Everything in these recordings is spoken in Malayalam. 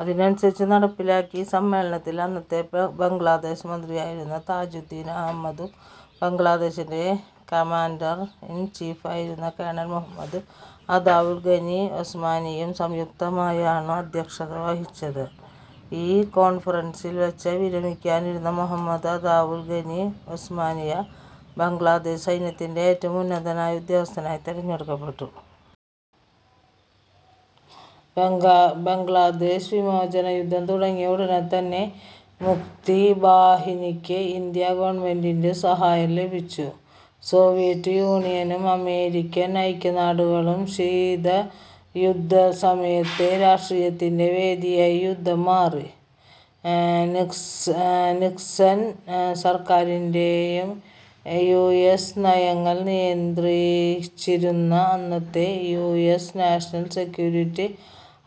അതിനനുസരിച്ചു നടപ്പിലാക്കി. ഈ സമ്മേളനത്തിൽ അന്നത്തെ ബംഗ്ലാദേശ് പ്രധാനമന്ത്രിയായിരുന്ന താജുദ്ദീൻ അഹമ്മദും, ബംഗ്ലാദേശിന്റെ കമാന്റർ ഇൻ ചീഫ് ആയിരുന്ന കേണൽ മുഹമ്മദ് അതാവുൽ ഗനി ഒസ്മാനിയും സംയുക്തമായാണു അദ്ധ്യക്ഷത വഹിച്ചത്. ഈ കോൺഫറൻസിൽ വച്ച് വിരമിക്കാനിരുന്ന മുഹമ്മദ് അതാവുൽ ഗനി ഒസ്മാനിയെ ബംഗ്ലാദേശ് സൈന്യത്തിന്റെ ഏറ്റവും ഉന്നതനായ ഉദ്യോഗസ്ഥനായി തിരഞ്ഞെടുത്തു. ബംഗ്ലാദേസ് വിമോചന യുദ്ധം തുടങ്ങിയ ഉടനെതന്നെ മുക്തിബാഹിനിക്ക് ഇന്ത്യാ ഗവണ്മെന്റിന്റെ സഹായം ലഭിച്ചു. സോവിയറ്റ് യൂണിയനും അമെരിക്കൻ ഐക്യനാടുകൾക്കും ശീതയുദ്ധസമയത്തെ രാഷ്ട്രീയത്തിന്റെ വേദിയായി ഈ യുദ്ധം മാറി. നിക്സൻ സർക്കാരിന്റെ യു എസ് നയങ്ങൾ നിയന്ത്രിച്ചിരുന്ന അന്നത്തെ U S national security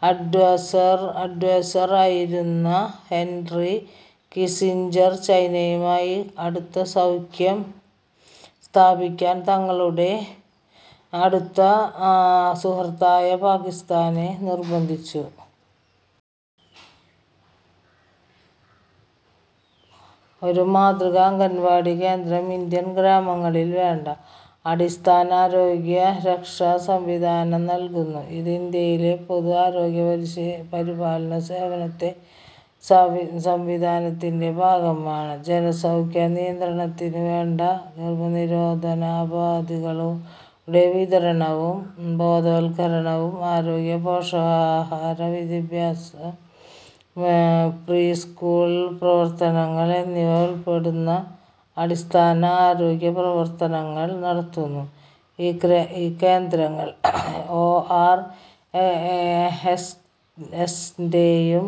adviser ആയിരുന്ന ഹെന്റ്റി കിസിഞ്ചർ ചൈനയുമായി അടുത്ത സഖ്യം സ്ഥാപിക്കാൻ തങ്ങളുടെ അടുത്ത സുഹൃത്തായ പാകിസ്താനെ നിർബന്ധിച്ചു. ഒരു മാതൃകാ അംഗൻവാടികേന്ദ്രം ഇന്ത്യൻ ഗ്രാമങ്ങളിൽ വേണ്ട അടിസ്ഥാന ആരോഗ്യരക്ഷ സംവിധാനം നൽകുന്നു. ഇത് ഇന്ത്യയിലെ പൊതു ആരോഗ്യപരിപാലനസേവനസംവിധാനത്തിന്റെ ഭാഗമാണ്. ജനസംഖ്യാനിയന്ത്രണത്തിനുവേണ്ട ഗർഭനിരോധനോപാധികളുടെ വിതരണവും ബോധവത്കരണവും, ആരോഗ്യ പോഷകാഹാരവിദ്യാഭ്യാസം, പ്രീസ്കൂൾ പ്രവർത്തനങ്ങൾ എന്നിവ ഉൾക്കൊള്ളുന്ന അടിസ്ഥാന ആരോഗ്യപ്രവത്തനങ്ങൾ നടത്തുന്നു. ഈ കേന്ദ്രങ്ങൾ, ഒ. ആർ. എസ്ന്റെയും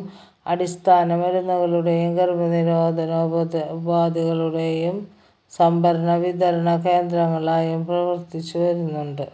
അടിസ്ഥാന മരുന്നുകളുടെയും ഗർഭനിരോധനോപാധികളുടെയും സംഭരണവിതരണ കേന്ദ്രങ്ങളായും പ്രവർത്തിച്ചുവരുന്നുണ്ട്.